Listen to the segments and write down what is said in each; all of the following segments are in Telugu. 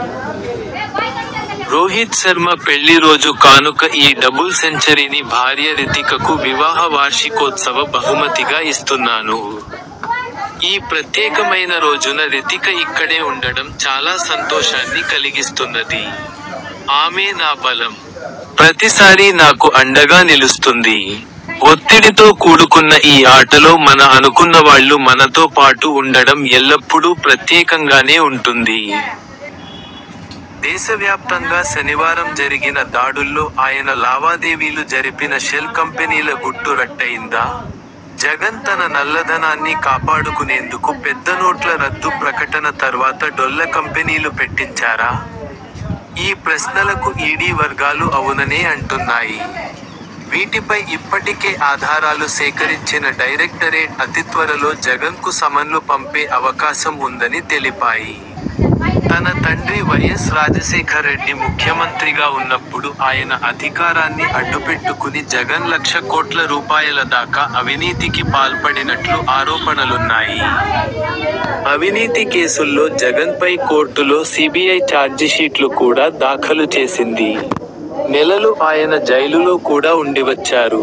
- రోహిత్ శర్మ పెళ్లి రోజు కానుక ఈ డబుల్ సెంచరీని భార్య రితికకు వివాహ వార్షికోత్సవ బహుమతిగా ఇస్తున్నాను. ఈ ప్రత్యేకమైన రోజున రితిక ఇక్కడే ఉండడం చాలా సంతోషాన్ని కలిగిస్తున్నది. ఆమే నా బలం. ప్రతిసారీ నాకు అండగా నిలుస్తుంది. ఒత్తిడితో కూడుకున్న ఈ ఆటలో మన అనుకున్నవాళ్లు మనతో పాటు ఉండడం ఎల్లప్పుడూ ప్రత్యేకంగానే ఉంటుంది. దేశవ్యాప్తంగా శనివారం జరిగిన దాడుల్లో ఆయన లావాదేవీలు జరిపిన షెల్ కంపెనీల గుట్టు రట్టయిందా? జగన్ తన నల్లధనాన్ని కాపాడుకునేందుకు పెద్ద నోట్ల రద్దు ప్రకటన తర్వాత డొల్ల కంపెనీలు పెట్టించారా? ఈ ప్రశ్నలకు ఈడీ వర్గాలు అవుననే అంటున్నాయి. వీటిపై ఇప్పటికే ఆధారాలు సేకరించిన డైరెక్టరేట్ అతిత్వరలో జగన్కు సమన్లు పంపే అవకాశం ఉందని తెలిపాయి. తన తండ్రి వైఎస్ రాజశేఖర్రెడ్డి ముఖ్యమంత్రిగా ఉన్నప్పుడు ఆయన అధికారాన్ని అడ్డుపెట్టుకుని జగన్ లక్ష కోట్ల రూపాయల దాకా అవినీతికి పాల్పడినట్లు ఆరోపణలున్నాయి. అవినీతి కేసుల్లో జగన్పై కోర్టులో సీబీఐ చార్జిషీట్లు కూడా దాఖలు చేసింది. నెలలు ఆయన జైలులో కూడా ఉండివచ్చారు.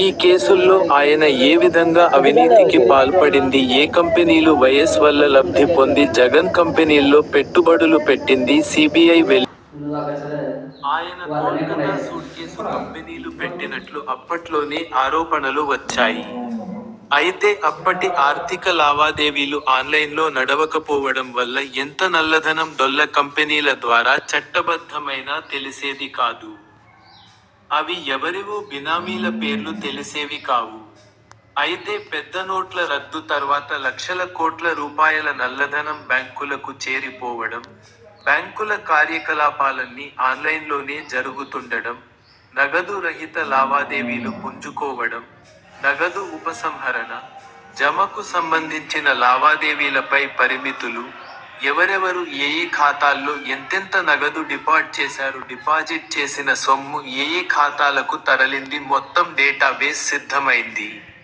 ఈ కేసుల్లో ఆయన ఏ విధంగా అవినీతికి పాల్పడింది ఏ కంపెనీలు వైఎస్ వల్ల లబ్ధి పొంది జగన్ కంపెనీల్లో పెట్టుబడులు పెట్టిందీ సీబీఐ వెలికి తీసింది. ఆయన కోల్కతా సూట్కేసు కంపెనీలు పెట్టినట్లు అప్పట్లోనే ఆరోపణలు వచ్చాయి. అయితే అప్పటి ఆర్థిక లావాదేవీలు ఆన్లైన్లో నడవకపోవడం వల్ల ఎంత నల్లధనం డొల్ల కంపెనీల ద్వారా చట్టబద్ధమైనా తెలిసేది కాదు. అవి ఎవరివో బినామీల పేర్లు తెలిసేవి కావు. అయితే పెద్ద నోట్ల రద్దు తర్వాత లక్షల కోట్ల రూపాయల నల్లధనం బ్యాంకులకు చేరిపోవడం, బ్యాంకుల కార్యకలాపాలన్నీ ఆన్లైన్లోనే జరుగుతుండడం, నగదు రహిత లావాదేవీలు పుంజుకోవడం, నగదు ఉపసంహరణ, జమకు సంబంధించిన లావాదేవీలపై పరిమితులు, ఎవరెవరు ఏయే ఖాతాల్లో ఎంతెంత నగదు డిపాట్ చేశారు డిపాజిట్ చేసిన సొమ్ము ఏయే ఖాతాలకు తరలింది మొత్తం డేటాబేస్ సిద్ధమైంది.